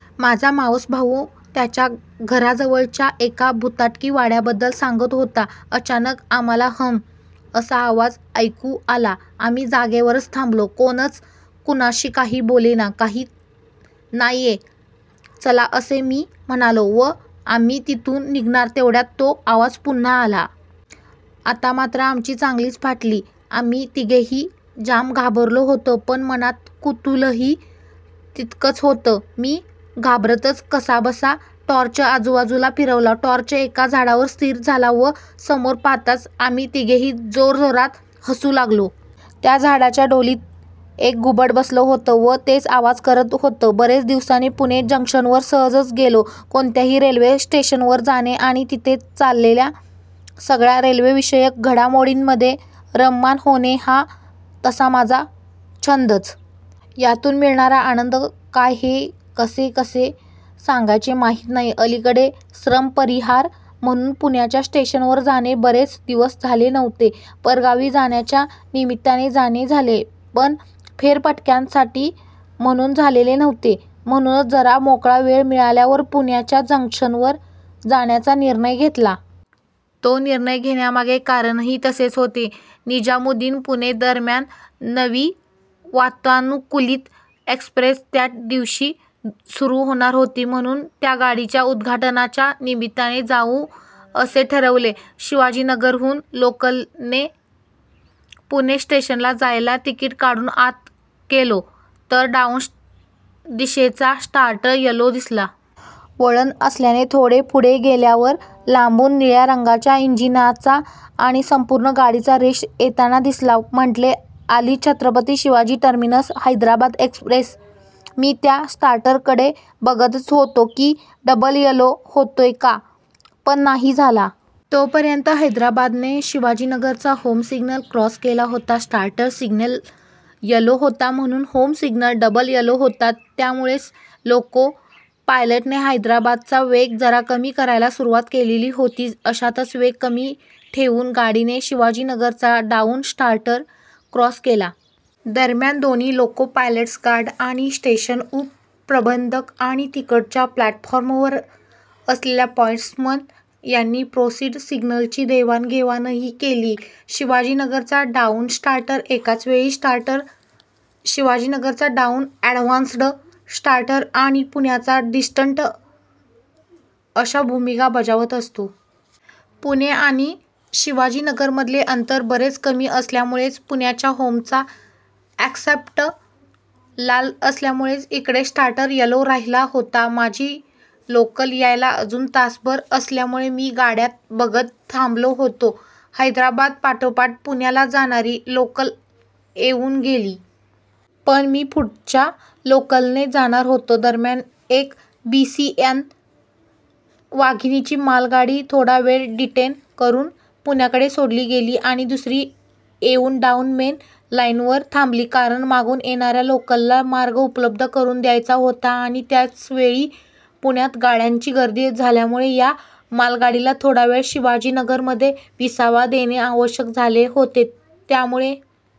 माझा मावस भाऊ त्याच्या घराजवळच्या एका भुताटकी वाड्याबद्दल सांगत होता. अचानक आम्हाला हम.. असा आवाज ऐकू आला. आम्ही जागेवरच थांबलो. कोणच कुणाशी काही बोलेना. काही नाहीये, चला असे मी म्हणालो व आम्ही तिथून निघणार तेवढ्यात तो आवाज पुन्हा आला. आता मात्र आमची चांगलीच फाटली. आम्ही तिघेही जाम घाबरलो होतो पण मनात कुतूहलही तितकंच होतं. मी घाबरतच कसाबसा टॉर्च आजूबाजूला फिरवला. टॉर्च एका झाडावर स्थिर झाला व समोर पाहताच आम्ही तिघेही जोरजोरात हसू लागलो. त्या झाडाच्या ढोलीत एक घुबड बसलं होतं व तेच आवाज करत होतं. बरेच दिवसांनी पुणे जंक्शनवर सहजच गेलो. कोणत्याही रेल्वे स्टेशनवर जाणे आणि तिथे चाललेल्या सगळ्या रेल्वेविषयक घडामोडींमध्ये रममाण होणे हा तसा माझा छंदच. यातून मिळणारा आनंद काय हे कसे कसे सांगायचे माहीत नाही. अलीकडे श्रमपरिहार म्हणून पुण्याच्या स्टेशनवर जाणे बरेच दिवस झाले नव्हते. परगावी जाण्याच्या निमित्ताने जाणे झाले, पण फेरफटक्यासाठी म्हणून झालेले नव्हते. म्हणूनच जरा मोकळा वेळ मिळाल्यावर पुण्याच्या जंक्शनवर जाण्याचा निर्णय घेतला. तो निर्णय घेण्यामागे कारणही तसेच होते. निजामुद्दीन-पुणे दरम्यान नवी वातानुकूलित एक्सप्रेस त्या दिवशी सुरू होणार होती. म्हणून त्या गाडीच्या उद्घाटनाच्या निमित्ताने जाऊ असे ठरवले. शिवाजीनगरहून लोकलने पुणे स्टेशनला जायला तिकीट काढून आत गेलो, तर डाऊन दिशेचा स्टार्टर यलो दिसला. वळण असल्याने थोडे पुढे गेल्यावर लांबून निळ्या रंगाच्या इंजिनाचा आणि संपूर्ण गाडीची रेष येताना दिसला. म्हटले आली छत्रपती शिवाजी टर्मिनस-हैदराबाद एक्सप्रेस. मी त्या स्टार्टरकडे बघतच होतो की, डबल-यलो होतोय का, पण नाही झाला. तोपर्यंत हैदराबादने शिवाजीनगरचा होम सिग्नल क्रॉस केला होता. स्टार्टर सिग्नल यलो होता म्हणून होम सिग्नल डबल-यलो होता. त्यामुळेच लोको पायलटने हैदराबादचा वेग जरा कमी करायला सुरुवात केलेली होतीच. अशातच वेग कमी ठेऊन गाडीने शिवाजीनगरचा डाऊन स्टार्टर क्रॉस केला. दरम्यान दोन्ही लोको पायलट्स, गार्ड आणि स्टेशन उपप्रबंधक आणि तिकडच्या प्लॅटफॉर्मवर असलेला पॉईंट्समन यांनी प्रोसिड सिग्नल्सची देवाणघेवाणही केली. शिवाजीनगरचा डाऊन स्टार्टर एकाचवेळी स्टार्टर, शिवाजीनगरचा डाऊन ॲडव्हान्स्ड स्टार्टर आणि पुण्याचा डिस्टंट अशा भूमिका बजावत असतो. पुणे आणि शिवाजीनगरमधले अंतर बरेच कमी असल्यामुळेच पुण्याच्या होमचा ॲस्पेक्ट लाल असल्यामुळेच इकडे स्टार्टर यलो राहिला होता. माझी लोकल यायला अजून तासभर असल्यामुळे मी गाड्या बघत थांबलो होतो. हैदराबादपाठोपाठ पुण्याला जाणारी लोकल येऊन गेली. पण मी पुढच्या लोकलने जाणार होतो. दरम्यान, एक बीसीएन वाघिणींची मालगाडी थोडा वेळ डिटेन करून पुण्याकडे सोडली गेली आणि दुसरी येऊन डाऊन मेन लाईनवर थांबली. कारण मागून येणाऱ्या लोकलला मार्ग उपलब्ध करून द्यायचा होता आणि त्याचवेळी पुण्यात गाड्यांची गर्दी झाल्यामुळे या मालगाडीला थोडावेळ शिवाजीनगरमध्ये विसावा देणे आवश्यक झाले होते. त्यामुळे